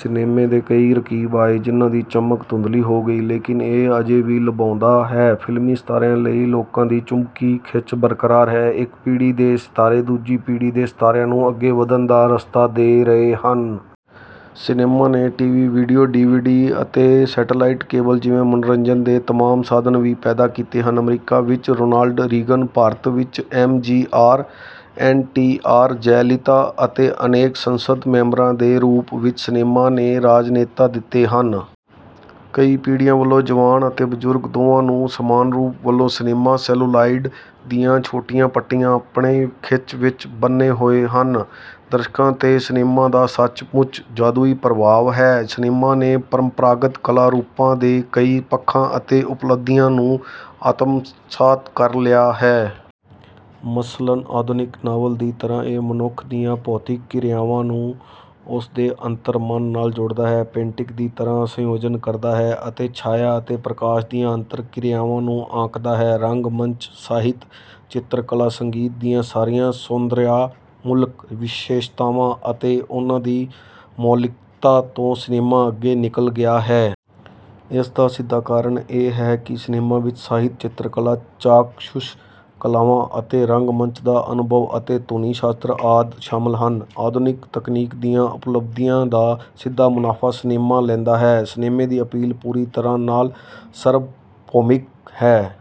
ਸਿਨੇਮੇ ਦੇ ਕਈ ਰਕੀਬ ਆਏ ਜਿਨ੍ਹਾਂ ਦੀ ਚਮਕ ਧੁੰਦਲੀ ਹੋ ਗਈ। ਲੇਕਿਨ ਇਹ ਅਜੇ ਵੀ ਲੁਭਾਉਂਦਾ ਹੈ। ਫਿਲਮੀ ਸਿਤਾਰਿਆਂ ਲਈ ਲੋਕਾਂ ਦੀ ਚੁੰਬਕੀ ਖਿੱਚ ਬਰਕਰਾਰ ਹੈ। ਇੱਕ ਪੀੜ੍ਹੀ ਦੇ ਸਿਤਾਰੇ ਦੂਜੀ ਪੀੜ੍ਹੀ ਦੇ ਸਿਤਾਰਿਆਂ ਨੂੰ ਅੱਗੇ ਵਧਣ ਦਾ ਰਸਤਾ ਦੇ ਰਹੇ ਹਨ। ਸਿਨੇਮਾ ਨੇ T. V., video, D. V. D. ਅਤੇ ਸੈਟੇਲਾਈਟ, ਕੇਬਲ ਜਿਵੇਂ ਮਨੋਰੰਜਨ ਦੇ ਤਮਾਮ ਸਾਧਨ ਵੀ ਪੈਦਾ ਕੀਤੇ ਹਨ। ਅਮਰੀਕਾ ਵਿੱਚ ਰੋਨਾਲਡ ਰੀਗਨ, ਭਾਰਤ ਵਿੱਚ M. G. R., N. T. R., Jayalalithaa ਅਤੇ ਅਨੇਕ ਸੰਸਦ ਮੈਂਬਰਾਂ ਦੇ ਰੂਪ ਵਿੱਚ ਸਿਨੇਮਾ ਨੇ ਰਾਜਨੇਤਾ ਦਿੱਤੇ ਹਨ। ਕਈ ਪੀੜ੍ਹੀਆਂ ਵੱਲੋਂ, ਜਵਾਨ ਅਤੇ ਬਜ਼ੁਰਗ, ਦੋਵਾਂ ਨੂੰ ਸਮਾਨ ਰੂਪ ਵੱਲੋਂ ਸਿਨੇਮਾ ਸੈਲੂਲਾਇਡ ਦੀਆਂ ਛੋਟੀਆਂ ਪੱਟੀਆਂ ਆਪਣੇ ਖਿੱਚ ਵਿੱਚ ਬੰਨ੍ਹੇ ਹੋਏ ਹਨ। ਦਰਸ਼ਕਾਂ 'ਤੇ ਸਿਨੇਮਾ ਦਾ ਸੱਚਮੁੱਚ ਜਾਦੂਈ ਪ੍ਰਭਾਵ ਹੈ। ਸਿਨੇਮਾ ਨੇ ਪਰੰਪਰਾਗਤ ਕਲਾ ਰੂਪਾਂ ਦੇ ਕਈ ਪੱਖਾਂ ਅਤੇ ਉਪਲੱਬਧੀਆਂ ਨੂੰ ਆਤਮਸਾਤ ਕਰ ਲਿਆ ਹੈ। ਮਸਲਨ ਆਧੁਨਿਕ ਨਾਵਲ ਦੀ ਤਰ੍ਹਾਂ ਇਹ ਮਨੁੱਖ ਦੀਆਂ ਭੌਤਿਕ ਕਿਰਿਆਵਾਂ ਨੂੰ ਉਸ ਦੇ ਅੰਤਰਮਨ ਨਾਲ ਜੋੜਦਾ ਹੈ, ਪੇਂਟਿੰਗ ਦੀ ਤਰ੍ਹਾਂ ਸੰਯੋਜਨ ਕਰਦਾ ਹੈ ਅਤੇ ਛਾਇਆ ਅਤੇ ਪ੍ਰਕਾਸ਼ ਦੀਆਂ ਅੰਤਰ-ਕਿਰਿਆਵਾਂ ਨੂੰ ਆਂਕਦਾ ਹੈ। ਰੰਗ-ਮੰਚ, ਸਾਹਿਤ, ਚਿੱਤਰਕਲਾ, ਸੰਗੀਤ ਦੀਆਂ ਸਾਰੀਆਂ ਸੌਂਦਰਿਆਮੂਲਕ ਵਿਸ਼ੇਸ਼ਤਾਵਾਂ ਅਤੇ ਉਨ੍ਹਾਂ ਦੀ ਮੌਲਿਕਤਾ ਤੋਂ ਸਿਨੇਮਾ ਅੱਗੇ ਨਿਕਲ ਗਿਆ ਹੈ। ਇਸ ਦਾ ਸਿੱਧਾ ਕਾਰਨ ਇਹ ਹੈ ਕਿ ਸਿਨੇਮਾ ਵਿੱਚ ਸਾਹਿਤ, ਚਿੱਤਰਕਲਾ, ਚਾਕਸ਼ੁਸ਼ ਕਲਾਵਾਂ ਅਤੇ ਰੰਗ-ਮੰਚ ਦਾ ਅਨੁਭਵ, ਅਤੇ ਧੁਨੀ-ਸ਼ਾਸਤਰ ਆਦਿ ਸ਼ਾਮਿਲ ਹਨ। ਆਧੁਨਿਕ ਤਕਨੀਕ ਦੀਆਂ ਉਪਲੱਬਧੀਆਂ ਦਾ ਸਿੱਧਾ ਮੁਨਾਫ਼ਾ ਸਿਨੇਮਾ ਲੈਂਦਾ ਹੈ। ਸਿਨੇਮਾ ਦੀ ਅਪੀਲ ਪੂਰੀ ਤਰ੍ਹਾਂ ਨਾਲ ਸਰਵਭੌਮਿਕ ਹੈ।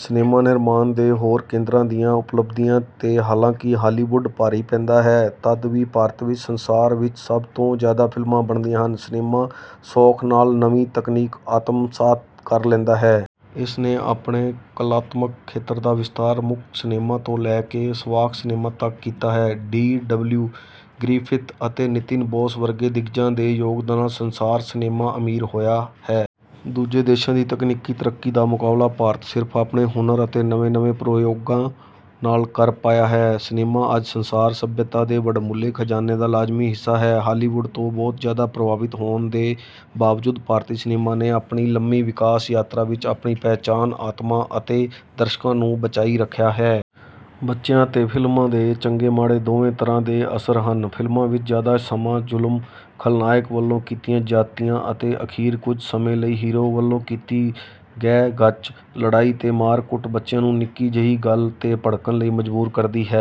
ਸਿਨੇਮਾ ਨਿਰਮਾਣ ਦੇ ਹੋਰ ਕੇਂਦਰਾਂ ਦੀਆਂ ਉਪਲੱਬਧੀਆਂ 'ਤੇ ਹਾਲਾਂਕਿ ਹਾਲੀਵੁਡ ਭਾਰੀ ਪੈਂਦਾ ਹੈ, ਤਦ ਵੀ ਭਾਰਤ ਵਿੱਚ ਸੰਸਾਰ ਵਿੱਚ ਸਭ ਤੋਂ ਜ਼ਿਆਦਾ ਫਿਲਮਾਂ ਬਣਦੀਆਂ ਹਨ। ਸਿਨੇਮਾ ਸੌਖ ਨਾਲ ਨਵੀਂ ਤਕਨੀਕ ਆਤਮਸਾਤ ਕਰ ਲੈਂਦਾ ਹੈ। ਇਸ ਨੇ ਆਪਣੇ ਕਲਾਤਮਕ ਖੇਤਰ ਦਾ ਵਿਸਥਾਰ ਮੂਕ ਸਿਨੇਮਾ ਤੋਂ ਲੈ ਕੇ ਸਵਾਕ ਸਿਨੇਮਾ ਤੱਕ ਕੀਤਾ ਹੈ। ਡੀ. ਡਬਲਿਊ. ਗਰਿਫਿਥ ਅਤੇ ਨਿਤਿਨ ਬੋਸ ਵਰਗੇ ਦਿੱਗਜਾਂ ਦੇ ਯੋਗਦਾਨ ਨਾਲ ਸੰਸਾਰ ਸਿਨੇਮਾ ਅਮੀਰ ਹੋਇਆ ਹੈ। ਦੂਜੇ ਦੇਸ਼ਾਂ ਦੀ ਤਕਨੀਕੀ ਤਰੱਕੀ ਦਾ ਮੁਕਾਬਲਾ ਭਾਰਤ ਸਿਰਫ ਆਪਣੇ ਹੁਨਰ ਅਤੇ ਨਵੇਂ-ਨਵੇਂ ਪ੍ਰਯੋਗਾਂ ਨਾਲ ਕਰ ਪਾਇਆ ਹੈ। ਸਿਨੇਮਾ ਅੱਜ ਸੰਸਾਰ ਸਭਿਅਤਾ ਦੇ ਵਡਮੁੱਲੇ ਖਜ਼ਾਨੇ ਦਾ ਲਾਜ਼ਮੀ ਹਿੱਸਾ ਹੈ। ਹਾਲੀਵੁਡ ਤੋਂ ਬਹੁਤ ਜ਼ਿਆਦਾ ਪ੍ਰਭਾਵਿਤ ਹੋਣ ਦੇ ਬਾਵਜੂਦ ਭਾਰਤੀ ਸਿਨੇਮਾ ਨੇ ਆਪਣੀ ਲੰਮੀ ਵਿਕਾਸ ਯਾਤਰਾ ਵਿੱਚ ਆਪਣੀ ਪਹਿਚਾਣ, ਆਤਮਾ ਅਤੇ ਦਰਸ਼ਕਾਂ ਨੂੰ ਬਚਾਈ ਰੱਖਿਆ ਹੈ। ਬੱਚਿਆਂ 'ਤੇ ਫਿਲਮਾਂ ਦੇ ਚੰਗੇ-ਮਾੜੇ ਦੋਵੇਂ ਤਰ੍ਹਾਂ ਦੇ ਅਸਰ ਹਨ। ਫ਼ਿਲਮਾਂ ਵਿੱਚ ਜ਼ਿਆਦਾ ਸਮਾਂ ਜ਼ੁਲਮ, ਖਲਨਾਇਕ ਵੱਲੋਂ ਕੀਤੀਆਂ ਜ਼ਿਆਦਤੀਆਂ ਅਤੇ ਅਖੀਰ ਕੁਝ ਸਮੇਂ ਲਈ ਹੀਰੋ ਵੱਲੋਂ ਕੀਤੀ ਗਹਿਗੱਚ ਲੜਾਈ ਤੇ ਮਾਰ-ਕੁੱਟ ਬੱਚਿਆਂ ਨੂੰ ਨਿੱਕੀ ਜਿਹੀ ਗੱਲ 'ਤੇ ਭੜਕਣ ਲਈ ਮਜਬੂਰ ਕਰਦੀ ਹੈ।